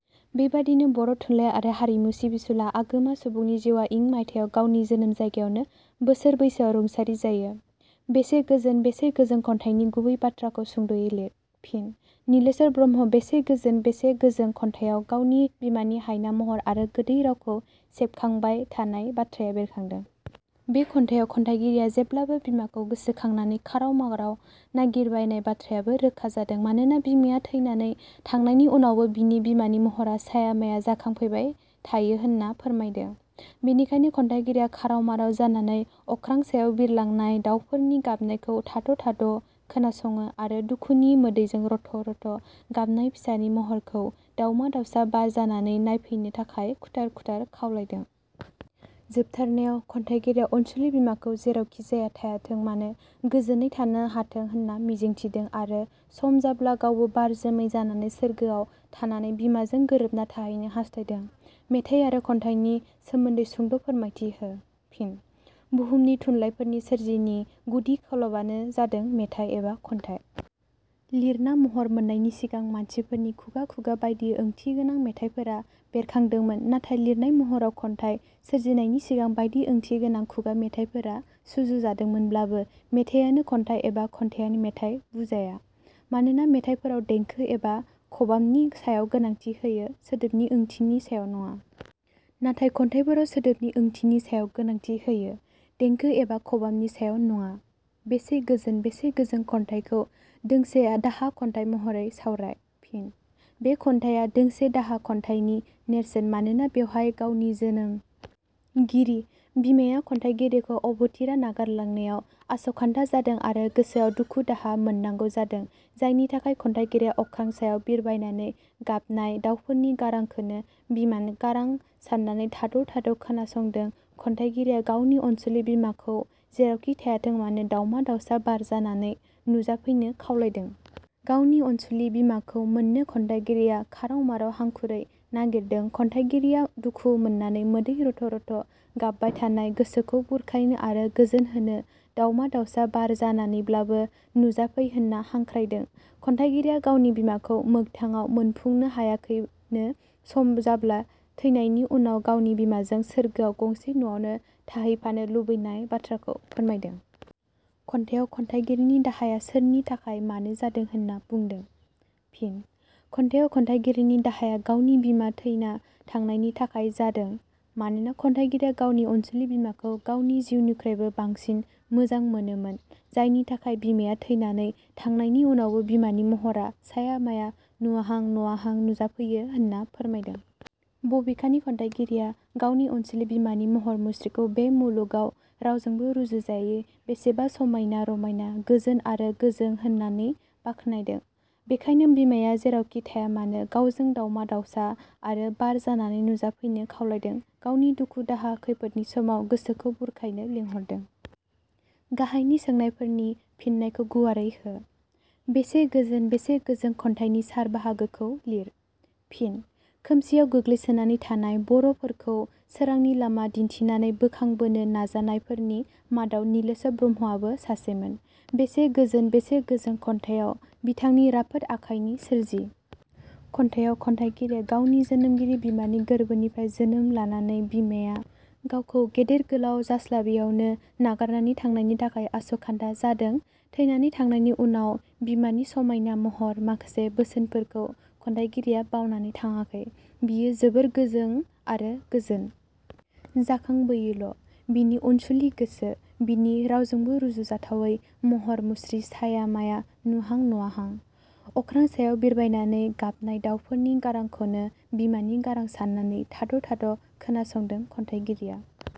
बेबादिनो बर' थुनलाइ आरो हारिमु सिबिसुला आगोमा सुबुंनि जिउवा इं मायथायाव गावनि जोनोम जायगायावनो बोसोर बैसोआव रुंसारि जायो। 'बेसे गोजोन, बेसे गोजों, खन्थाइनि गुबै बाथ्राखौ सुंदयै लिर। फिन: नीलेश्वर ब्रह्मनि "बेसे गोजोन बेसे गोजों" खन्थाइयाव गावनि बिमानि हायना महर आरो गोदै रावखौ गोसोखांबाय थानाय बाथ्राया बेरखादों। बे खन्थायाव खन्थाइगिरिया जेब्लाबो बिमाखौ गोसो खांनानै खाराव माराव नागिरबायनाय बाथ्रायाबो रोखा जादों मानोना बिमाया थैनानै थांनायनि उनावबो बिनि बिमानि महरा साया माया जाखांफैबाय थायो होनना फोरमायदों। बेनिखायनो खन्थाइगिरिया खाराव माराव जानानै अख्रां सायाव बिरलांनाय दावफोरनि गाबनायखौ थाद' थाद' खोनासङो आरो दुखुनि मोदैजों रथ' रथ' गाबनाय फिसानि महरखौ दाउमा दाउसा बार जानानै नायफैनो थाखाय खुथार खुथारै खावलायदों। जोबथारनायाव खन्थाइगिरिया अनसुलि बिमाखौ जेरावखिजाया थायाथों मानो गोजोनै थानो हाथों होनना मिजिथिदों आरो सम जाब्ला गावबो बार जोमै जानानै सोरगोआव थानानै बिमाजों गोरोबना थाहैनो हास्थायदों। मेथाइ आरो खन्थाइनि सोमान्दै सुंद फोरमायथि हो। फिन: बहुमनि थुनलाइफोरनि सोरजिनि गुदि खलबानो जादों मेथाइ एबा खन्थाइ। लिरना महर मोननायनि सिगां मानसिफोरनि खुगा खुगा बाइदि ओंथिगोनां मेथाइफोरा बेरखांदोमोन नाथाय लिरनाय महराव खन्थाइ सोरजिनायनि सिंगां बाइदि ओंथि गोनां खुगा मेथाइफोरा सुजु जादोंमोनब्लाबो मेथायानो खन्थाइ एबा खन्थाइयानो मेथाइ बुजाया। मानोना मेथायफोराव देंखो एबा खबामनि सायाव गोनांथि होयो, सोदोबनि ओंथिनि सायाव नङा। नाथाय खन्थाइफोराव सोदोबनि ओंथिनि सायाव गोनांथि होयो, देंखो एबा खबामनि सायाव नङा। 'बेसे गोजोन, बेसे गोजों खन्थाइखौ दोंसे दाहा खन्थाइ महरै सावराय। फिन: बे खन्थाइया दोंसे दाहा खन्थाइनि नेरसोन मानोना बेवहाय गावनि जोनोम गिरि बिमाया खन्थाइगिरिखौ अबथिरा नागार लांनायाव आसखान्दा जादों आरो गोसोआव दुख-दाहा मोननांगौ जादों जायनि थाखाय खन्थाइगिरिया अख्रां सायाव बिरबायनानै गाबनाय दावफोरनि गारांखोनो बिमान गारां साननानै थाद' थाद' खोनासंदों खन्थाइगिरिया गावनि अनसुलि बिमाखौ जेरावखि थायाथों मानो दावमा दावसा बार जानानै नुजाफैनो खावलायदों। गावनि अनसुलि बिमाखौ मोननो खन्थाइगिरिया खाराव माराव हांखुरै नागिरदों खन्थाइगिरिया दुखु मोननानै मोदै रथ' रथ' गाबबाय थानाय गोसोखो बुरखायनो आरो गोजोन होनो दावमा दावसा बार जानानैब्लाबो नुजाफै होनना हांख्रायदों खन्थाइगिरिया गावनि बिमाखौ मोगथाङाव मोनफुंनो हायैखायनो सम जाब्ला थैनायनि उनाव गावनि बिमाजों सोरगोआव गंसे नवावनो थाहैफानो लुबैनाय बाथ्राखौ फोरमायदों। खन्थाइयाव खन्थाइगिरिनि दाहाया सोरनि थाखाय मानो जादों होनना बुदों? फिनः खन्थाइयाव खन्थाइगिरिनि दाहाया गावनि बिमा थैना थांनायनि थाखाय जादों। मानोना खन्थाइगिरिया गावनि अनसुलि बिमाखौ गावनि जिउनिखुइबो बांसिन मोजां मोनोमोन जायनि थाखाय बिमाया थैनानै थांनायनि उनावबो बिमानि महरा साया माया नुहांनुवाहां नुजाफैयो होनना फोरमायदों। बबेखानि खन्थाइगिरिया गावनि अनसुलि बिमानि महर मुस्रिखौ बे मुलुगाव रावजोंबो रुजुजायै बेसेबा समायना- रमायना गोजोन आरो गोजों होननानै बाखनायदों। बेखायनो बिमाया जेरावखि थायामानो गावजों दावमा-दावसा आरो बार जानानै नुजाफैनो खावलायदों गावनि दुखु दाहा खैफोदनि समाव गोसोखौ बुरखायनो लेंहरदों। गाहायनि सोंनाफोरनि फिननायखौ गुवारै हो 'बेसे गोजोन बेसे गोजों खन्थाइनि सार बाहागोखौ लिर। फिनः खोमसियाव गोग्लैसोनानै थानाय बर 'फोरखौ सोरांनि लामा दिन्थिनानै बोखांबोनो नाजानायफोरनि मादाव नीलेश्वर ब्रह्मवाबो सासेमोन बेसे गोजोन बेसे गोजों खन्थाइयख बिथांनि राफोद आखाइनि सोरजि। खन्थाइयाव खन्थाइगिरिया गावनि जोनोमगिरि बिमानि गोरबोनिफ्राय जोनोम लानानै बिमाया गावखौ गेदेर गोलाव जास्लाबेयावनो नागारनानै थांनायनि थाखाय आस 'खान्दा जादों थैनानै थांनायनि उनाव बिमानि समायना महर, माखासे बोसोनफोरखौ खन्थाइगिरिया बावनानै थाङाखै बियो जोबोरै गोजों आरो गोजोन। जाखांयोबोल' बिनि अनसुलि गोसो, बिनि रावजोंबो रुजुजाथावै महर मुस्रिया साया माया नुहां- नुवाहां। अख्रां सायाव बिरबायनानै गाबनाय दावफोरनि गारांखौनो बिमानि गारां साननानै थाद' थाद' खोनासंदों खन्थाइगिरिया।